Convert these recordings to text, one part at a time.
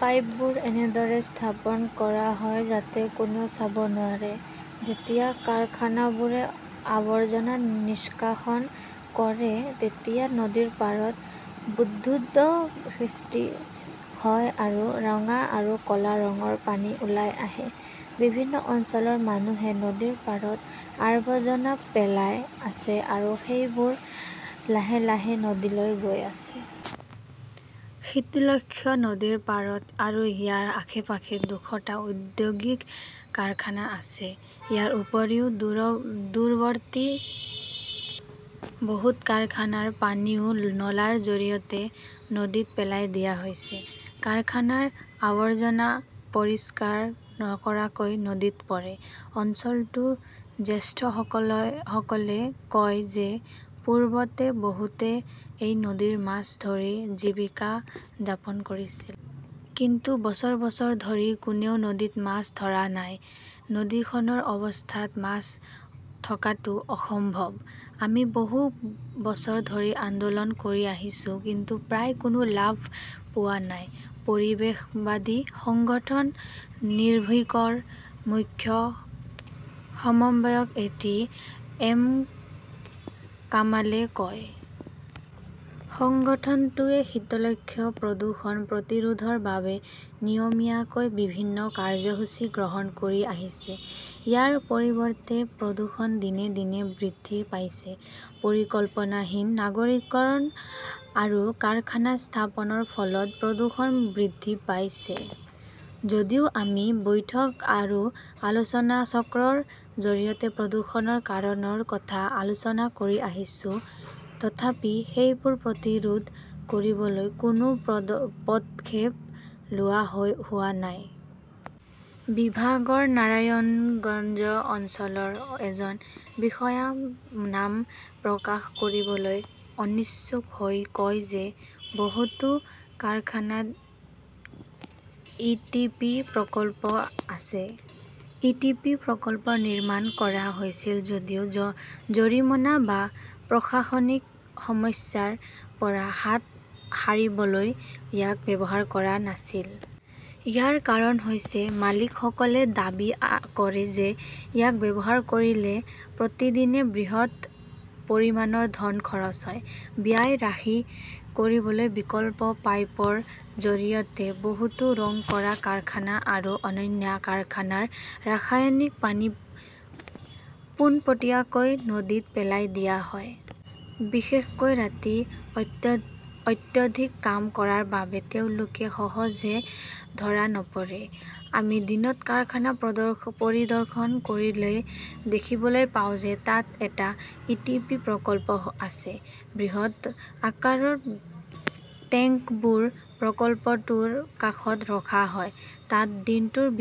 পাইপবোৰ এনেদৰে স্থাপন কৰা হয় যাতে কোনেও চাব নোৱাৰে। যেতিয়া কাৰখানাবোৰে আৱৰ্জনা নিষ্কাশন কৰে, তেতিয়া নদীৰ পাৰত বুদ্বুদ সৃষ্টি হয় আৰু ৰঙা আৰু ক'লা ৰঙৰ পানী ওলাই আহে। বিভিন্ন অঞ্চলৰ মানুহে নদীৰ পাৰত আৱৰ্জনা পেলাই আছে আৰু সেইবোৰ লাহে লাহে নদীলৈ গৈ আছে। শীতলক্ষ্যা নদীৰ পাৰত আৰু ইয়াৰ আশে-পাশে দুশটা ঔদ্যোগিক কাৰখানা আছে। ইয়াৰ উপৰিও দূৰৱৰ্তী বহুতো কাৰখানাৰ পানীও নলাৰ জৰিয়তে নদীত পেলাই দিয়া হৈছে। কাৰখানাৰ আৱৰ্জনা পৰিষ্কাৰ নকৰাকৈ নদীত পৰে। অঞ্চলটোৰ জ্যেষ্ঠসকলে কয় যে পূৰ্বতে বহুতে এই নদীত মাছ ধৰি জীৱিকা যাপন কৰিছিল। কিন্তু বছৰ বছৰ ধৰি কোনেও নদীত মাছ ধৰা নাই। নদীখনৰ অৱস্থাত মাছ থকাটো অসম্ভৱ। আমি বহু বছৰ ধৰি আন্দোলন কৰি আহিছোঁ, কিন্তু প্ৰায় কোনো লাভ পোৱা নাই, পৰিৱেশবাদী সংগঠন নিৰ্ভীকৰ মুখ্য সমন্বয়ক এ টি এম কামালে কয়। সংগঠনটোৱে শীতলক্ষ্যা প্ৰদূষণ প্ৰতিৰোধৰ বাবে নিয়মীয়াকৈ বিভিন্ন কাৰ্যসূচী গ্ৰহণ কৰি আহিছে। ইয়াৰ পৰিৱৰ্তে প্ৰদূষণ দিনে দিনে বৃদ্ধি পাইছে। পৰিকল্পনাহীন নগৰীকৰণ আৰু কাৰখানা স্থাপনৰ ফলত প্ৰদূষণ বৃদ্ধি পাইছে। যদিও আমি বৈঠক আৰু আলোচনাচক্ৰৰ জৰিয়তে প্ৰদূষণৰ কাৰণৰ কথা আলোচনা কৰি আহিছোঁ, তথাপি সেইবোৰ প্ৰতিৰোধ কৰিবলৈ কোনো পদক্ষেপ লোৱা হোৱা নাই। পৰিৱেশ বিভাগৰ নাৰায়ণগঞ্জ অঞ্চলৰ এজন বিষয়াই নাম প্ৰকাশ কৰিবলৈ অনিচ্ছুক হৈ কয় যে বহুতো কাৰখানাত ই টি পি প্ৰকল্প আছে। ই টি পি প্ৰকল্প নিৰ্মাণ কৰা হৈছিল যদিও জৰিমনা বা প্ৰশাসনিক সমস্যাৰ পৰা হাত সাৰিবলৈ ইয়াক ব্যৱহাৰ কৰা নাছিল। ইয়াৰ কাৰণ হৈছে মালিকসকলে দাবী কৰে যে ইয়াক ব্যৱহাৰ কৰিলে প্ৰতিদিনে বৃহৎ পৰিমাণৰ ধন খৰচ হয়। ব্যয় ৰাহি কৰিবলৈ বিকল্প পাইপৰ জৰিয়তে বহুতো ৰং কৰা কাৰখানা আৰু অন্যান্য কাৰখানাৰ ৰাসায়নিক পানী পোনপটীয়াকৈ নদীত পেলাই দিয়া হয়। বিশেষকৈ ৰাতি অত্যধিক কাম কৰাৰ বাবে তেওঁলোক সহজে ধৰা নপৰে। আমি দিনত কাৰখানা পৰিদৰ্শন কৰিলে দেখিবলৈ পাওঁ যে তাত এটা ই টি পি প্ৰকল্প আছে। বৃহৎ আকাৰৰ টেংকবোৰ প্ৰকল্পটোৰ কাষত ৰখা হয়। তাত দিনটোৰ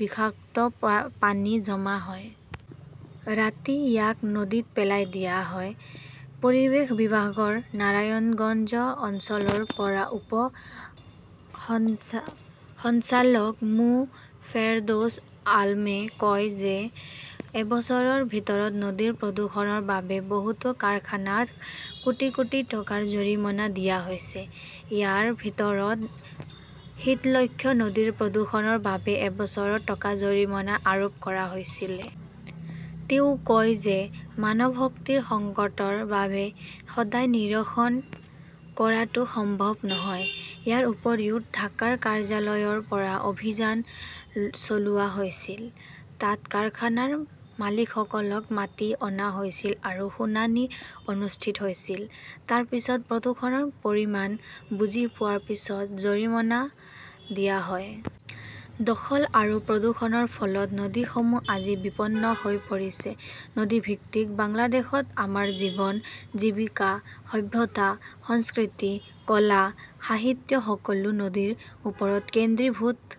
বিষাক্ত পানী জমা হয়। ৰাতি ইয়াক নদীত পেলাই দিয়া হয়। পৰিৱেশ বিভাগৰ নাৰায়ণগঞ্জ অঞ্চলৰ উপ সঞ্চালক মো ফেৰদৌছ আলমে কয় যে এবছৰৰ ভিতৰত নদীৰ প্ৰদূষণৰ বাবে বহুতো কাৰখানাক কোটি কোটি টকাৰ জৰিমনা দিয়া হৈছে। ইয়াৰ ভিতৰত শীতলক্ষ্যা নদীৰ প্ৰদূষণৰ বাবে এবছৰত টকা জৰিমনা আৰোপ কৰা হৈছিল। তেওঁ কয় যে মানৱশক্তিৰ সংকটৰ বাবে সদায় নিৰীক্ষণ কৰাটো সম্ভৱ নহয়। ইয়াৰ উপৰিও ঢাকাৰ কাৰ্যালয়ৰ পৰা অভিযান চলোৱা হৈছিল। তাত কাৰখানাৰ মালিকসকলক মাতি অনা হৈছিল আৰু শুনানি অনুষ্ঠিত হৈছিল। তাৰ পিছত প্ৰদূষণৰ পৰিমাণ বুজি পোৱাৰ পিছত জৰিমনা দিয়া হয়। দখল আৰু প্ৰদূষণৰ ফলত নদীসমূহ আজি বিপন্ন হৈ পৰিছে। নদীভিত্তিক বাংলাদেশত আমাৰ জীৱন, জীৱিকা, সভ্যতা, সংস্কৃতি, কলা, সাহিত্য সকলো নদীৰ ওপৰত কেন্দ্ৰীভূত।